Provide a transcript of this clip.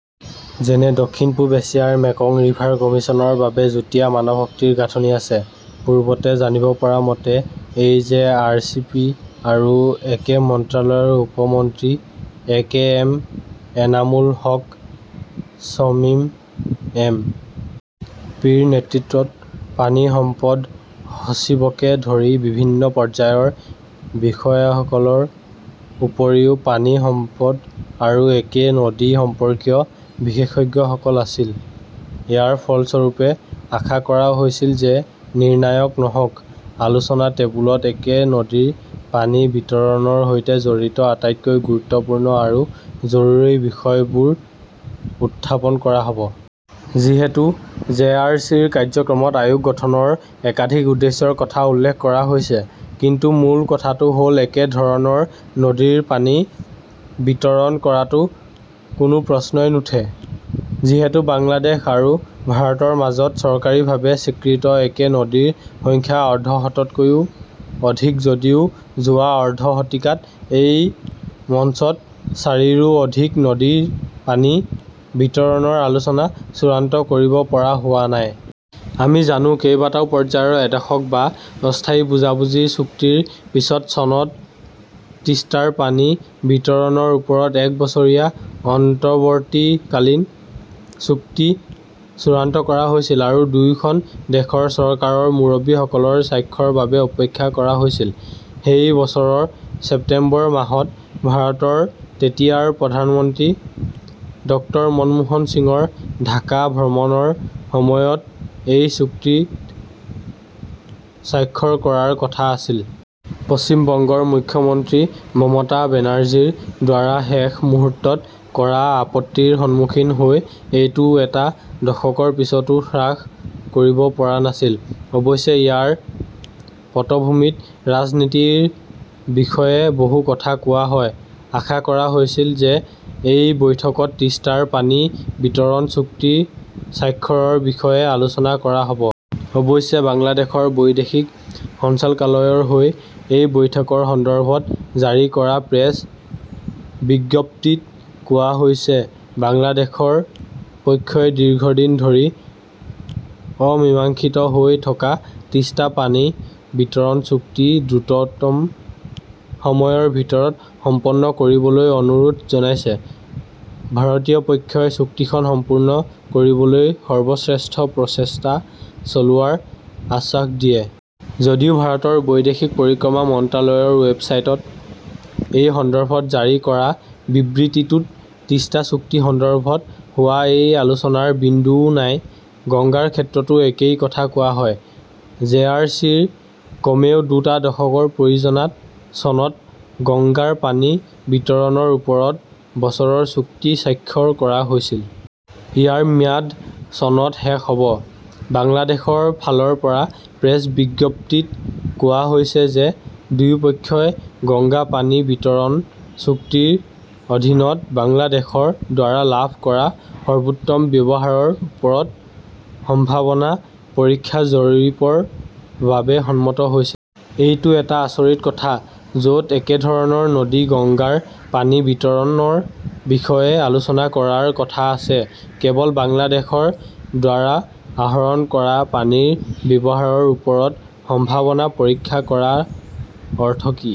যেনে দক্ষিণ পূব এছিয়াৰ মেকং ৰিভাৰ কমিছনৰ বাবে যুটীয়া মানৱশক্তিৰ গাঁথনি আছে। পূৰ্বতে জানিব পৰা মতে, এই জে. আৰ. চি. পি. আৰু একে মন্ত্ৰালয়ৰ উপ মন্ত্ৰী A. K. M. Enamul Haque Shamim M. P. ৰ নেতৃত্বত, পানী সম্পদ সচিবকে ধৰি বিভিন্ন পৰ্যায়ৰ বিষয়াসকলৰ উপৰিও পানী সম্পদ আৰু একে নদী সম্পৰ্কীয় বিশেষজ্ঞসকল আছিল। ইয়াৰ ফলস্বৰূপে আশা কৰা হৈছিল যে নিৰ্ণায়ক নহওঁক, আলোচনা টেবুলত একে নদীৰ পানী বিতৰণৰ সৈতে জড়িত আটাইতকৈ গুৰুত্বপূৰ্ণ আৰু জৰুৰী বিষয়বোৰ উত্থাপন কৰা হ 'ব। যিহেতু জে. আৰ. চি. ৰ কাৰ্যক্ৰমত আয়োগ গঠনৰ একাধিক উদ্দেশ্যৰ কথা উল্লেখ কৰা হৈছে, কিন্তু মূল কথাটো হ’ল একেধৰণৰ নদীৰ পানী বিতৰণ কৰাটো কোনো প্ৰশ্নই নুঠে। যিহেতু বাংলাদেশ আৰু ভাৰতৰ মাজত চৰকাৰীভাৱে স্বীকৃত একে নদীৰ সংখ্যা অৰ্ধশততকৈও অধিক যদিও যোৱা অৰ্ধ শতিকাত এই মঞ্চত চাৰিৰো অধিক নদীৰ পানী বিতৰণৰ আলোচনা চূড়ান্ত কৰিব পৰা হোৱা নাই। আমি জানো, কেইবাটাও পৰ্যায়ৰ এডহক "বা অস্থায়ী বুজাবুজি চুক্তিৰ পিছত চনত তিষ্টাৰ পানী বিতৰণৰ ওপৰত এক বছৰীয়া' অন্তৱৰ্তীকালীন" চুক্তি চূড়ান্ত কৰা হৈছিল আৰু দুয়োখন দেশৰ চৰকাৰৰ মুৰব্বীসকলৰ স্বাক্ষৰৰ বাবে অপেক্ষা কৰা হৈছিল। সেই বছৰৰ ছেপ্টেম্বৰ মাহত ভাৰতৰ তেতিয়াৰ প্ৰধানমন্ত্ৰী ডক্টৰ মনমোহন সিঙৰ ঢাকা ভ্ৰমণৰ সময়ত এই চুক্তিত স্বাক্ষৰ কৰাৰ কথা আছিল। পশ্চিম বংগৰ মুখ্যমন্ত্ৰী মমতা বেনাৰ্জীৰ দ্বাৰা শেষ মুহূৰ্তত কৰা আপত্তিৰ সন্মুখীন হৈ এইটো এটা দশকৰ পিছতো হ্ৰাস কৰিব পৰা নাছিল। অৱশ্যে ইয়াৰ পটভূমিত ৰাজনীতি ৰ বিষয়ে বহু কথা কোৱা হয়। আশা কৰা হৈছিল যে এই বৈঠকত তিষ্টাৰ পানী বিতৰণ চুক্তি স্বাক্ষৰৰ বিষয়ে আলোচনা কৰা হ 'ব। অৱশ্যে, বাংলাদেশৰ বৈদেশিক সঞ্চালকালয়ৰ হৈ এই বৈঠকৰ সন্দৰ্ভত জাৰি কৰা প্ৰেছ বিজ্ঞপ্তিত কোৱা হৈছে-'বাংলাদেশৰ পক্ষই দীৰ্ঘদিন ধৰি অমীমাংসিত হৈ থকা তিষ্টা পানী বিতৰণ চুক্তি দ্ৰুততম সময়ৰ ভিতৰত সম্পন্ন কৰিবলৈ অনুৰোধ জনাইছে। ভাৰতীয় পক্ষই চুক্তিখন সম্পূৰ্ণ কৰিবলৈ সৰ্বশ্ৰেষ্ঠ প্ৰচেষ্টা চলোৱাৰ আশ্বাস দিয়ে। যদিও ভাৰতৰ বৈদেশিক পৰিক্ৰমা মন্ত্ৰালয়ৰ ৱেবছাইটত এই সন্দৰ্ভত জাৰি কৰা বিবৃতিটোত তিষ্টা চুক্তি সন্দৰ্ভত হোৱা এই আলোচনাৰ বিন্দুও নাই। গংগাৰ ক্ষেত্ৰতো একেই কথা কোৱা হয়। জে. আৰ. চি. ৰ কমেও দুটা দশকৰ প্ৰযোজনাত চনত গংগাৰ পানী বিতৰণৰ ওপৰত বছৰৰ চুক্তি স্বাক্ষৰ কৰা হৈছিল। ইয়াৰ ম্যাদ চনত শেষ হ 'ব। বাংলাদেশৰ ফালৰ পৰা প্ৰেছ বিজ্ঞপ্তিত কোৱা হৈছে যে 'দুয়োপক্ষই গংগা পানী বিতৰণ চুক্তিৰ অধীনত বাংলাদেশৰ দ্বাৰা লাভ কৰা সৰ্বোত্তম ব্যৱহাৰৰ ওপৰত সম্ভাৱনা পৰীক্ষা জৰীপৰ বাবে সন্মত হৈছে। এইটো এটা আচৰিত কথা। য 'ত একেধৰণৰ নদী গংগাৰ পানী বিতৰণৰ বিষয়ে আলোচনা কৰাৰ কথা আছে, কেৱল বাংলাদেশৰ দ্বাৰা আহৰণ কৰা পানীৰ ব্যৱহাৰৰ ওপৰত সম্ভাৱনা পৰীক্ষা কৰাৰ অৰ্থ কি